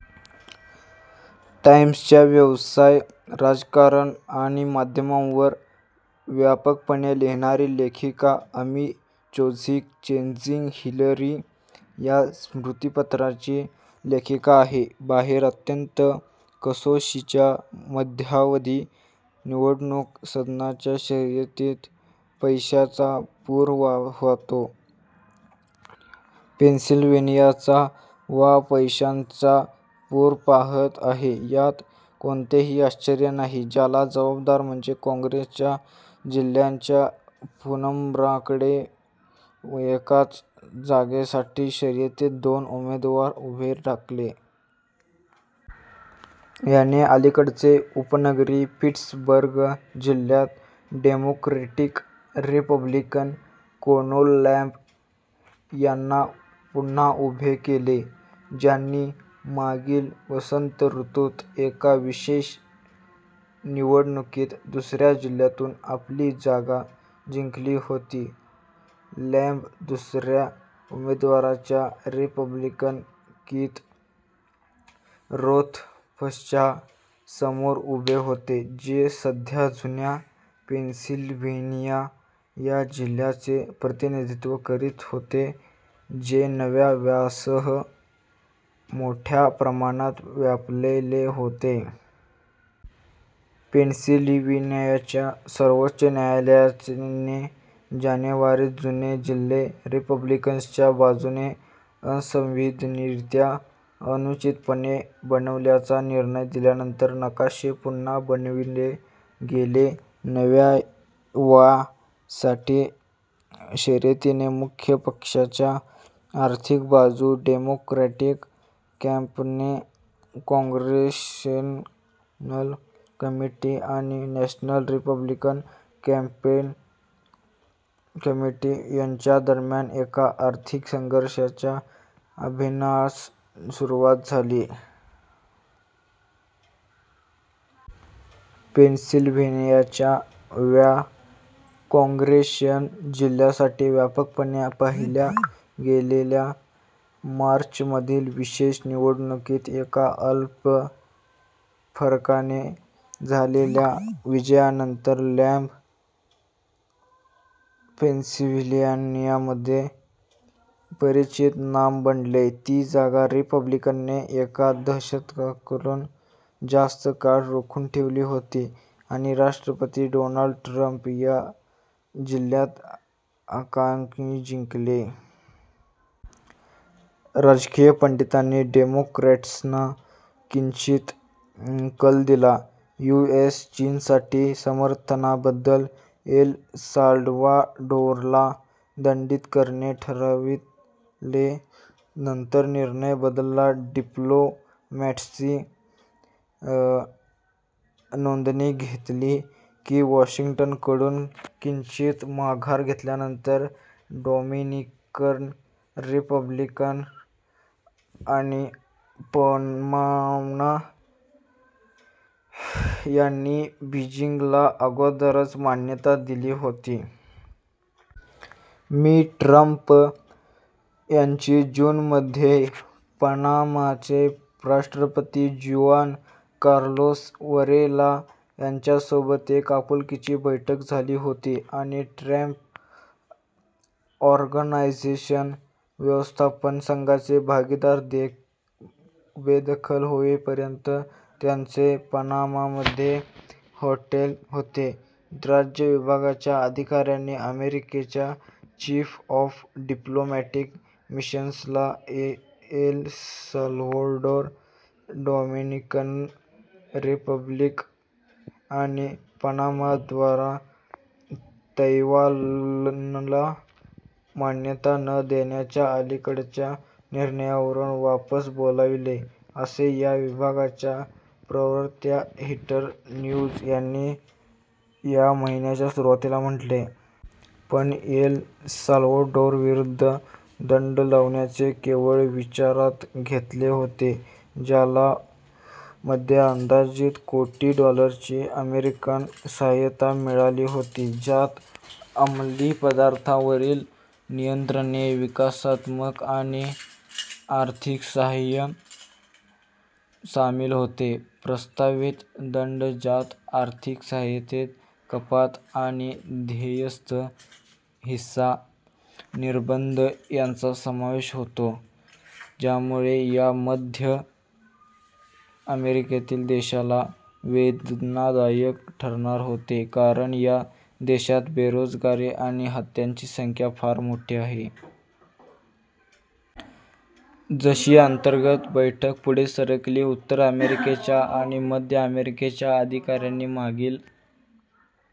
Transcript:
" टाइम्सच्या व्यवसाय, राजकारण आणि माध्यमांवर व्यापकपणे लिहिणारी लेखिका, अमी चोझिक "चेजिंग हिलरी" या स्मृतिपत्राची लेखिका आहे. बाहेर अत्यंत कसोशीच्या मध्यावधी निवडणूक सदनाच्या शर्यतीत पैशाचा पूर वाहतो. पेनसिल्व्हेनियाचा वा पैशांचा पूर पहात आहे यात कोणतेही आश्चर्य नाही, ज्याला जबाबदार म्हणजे काँग्रेसच्या जिल्ह्यांच्या पुनर्मांडणीमुळे एकाच जागेसाठी शर्यतीत दोन उमेदवार उभे ठाकले. याने अलीकडेच उपनगरी पिट्सबर्ग जिल्ह्यात डेमोक्रॅटिक रिपब्लिकन कोनोर लँब यांना पुन्हा उभे केले – ज्यांनी मागील वसंत ऋतूत एका विशेष निवडणुकीत दुसऱ्या जिल्ह्यातून आपली जागा जिंकली होती. लँब दुसऱ्या उमेदवाराच्या, रिपब्लिकन कीथ रोथफसच्या समोर उभे होते, जे सध्या जुन्या पेनसिल्व्हेनिया व्या जिल्ह्याचे प्रतिनिधित्व करीत होते, जे नव्या व्यासह मोठ्या प्रमाणात व्यापलेले होते. पेनसिल्व्हेनियाच्या सर्वोच्च न्यायालयाने जानेवारीत जुने जिल्हे रिपब्लिकन्सच्या बाजूने असंविधानिकरीत्या अनुचितपणे बनवल्याचा निर्णय दिल्यानंतर, नकाशे पुन्हा बनविले गेले. नव्या व्या साठी शर्यतीने मुख्य पक्षाच्या आर्थिक बाजू, डेमोक्रॅटिक कॅम्पेन काँग्रेशनल कमिटी आणि नॅशनल रिपब्लिकन कॅम्पेन कमिटी यांच्या दरम्यान एका आर्थिक संघर्षाच्या अभियानास सुरवात झाली. पेनसिल्व्हेनियाच्या व्या काँग्रेशनल जिल्ह्यासाठी व्यापकपणे पाहिल्या गेलेल्या मार्चमधील विशेष निवडणुकीत एका अल्प फरकाने झालेल्या विजयानंतर लँब पेनसिल्व्हेनियामधील परिचित नाम बनले. ती जागा रिपब्लिकनने एका दशकाहून जास्त काळ रोखून ठेवली होती, आणि राष्ट्रपती डोनाल्ड ट्रम्प त्या जिल्ह्यात अंकांनी जिंकले. राजकीय पंडितांनी डेमोक्रॅट्सना किंचित कल दिला. यु. एस. चीनसाठी समर्थनाबद्द्दल एल साल्वाडोरला दंडित करणे ठरविले, नंतर निर्णय बदलला डिप्लोमॅट्सनी नोंद घेतली की वाशिंग्टनकडून किंचित माघार घेतल्यानंतर, डॉमिनिकन रिपब्लिक आणि पनामा यांनी बीजिंगला अगोदरच मान्यता दिली होती. मि. ट्रम्प यांची जून मध्ये पनामाचे राष्ट्रपती जुआन कार्लोस वरेला यांच्यासोबत एक आपुलकीची बैठक झाली होती आणि ट्रम्प ऑर्गनायझेशन व्यवस्थापन संघाचे भागीदार बेदखल होईपर्यंत, त्यांचे पनामामध्ये एक हॉटेल होते. राज्य विभागाच्या अधिकाऱ्यांनी अमेरिकेच्या चीफ ऑफ डिप्लोमॅटिक मिशन्सला एल साल्व्हाडोर, डॉमिनिकन रिपब्लिक आणि पनामाद्वारा "तैवानला मान्यता न देण्याच्या अलीकडच्या निर्णयावरून" वापस बोलाविले, असे या विभागाच्या प्रवक्त्या हिथर न्युर्ट यांनी या महिन्याच्या सुरुवातीला म्हटले. पण एल साल्वाडोरविरुद्ध दंड लावण्याचे केवळ विचारात घेतले होते, ज्याला मध्ये अंदाजित कोटी डॉलरची अमेरिकन सहायता मिळाली होती, ज्यात अमलीपदार्थांवरील नियंत्रणे, विकासात्मक आणि आर्थिक साहाय्य सामील होते. प्रस्तावित दंड, ज्यात आर्थिक सहायतेत कपात आणि ध्येयस्थ व्हिसा निर्बंध यांचा समावेश होता, ज्यामुळे या मध्य अमेरिकेतील देशाला वेदनादायक ठरणार होते कारण या देशात बेरोजगारी आणि हत्यांची संख्या फार मोठी आहे. जशी अंतर्गत बैठक पुढे सरकली, उत्तर अमेरिकेच्या आणि मध्य अमेरिकेच्या अधिकाऱ्यांनी मागील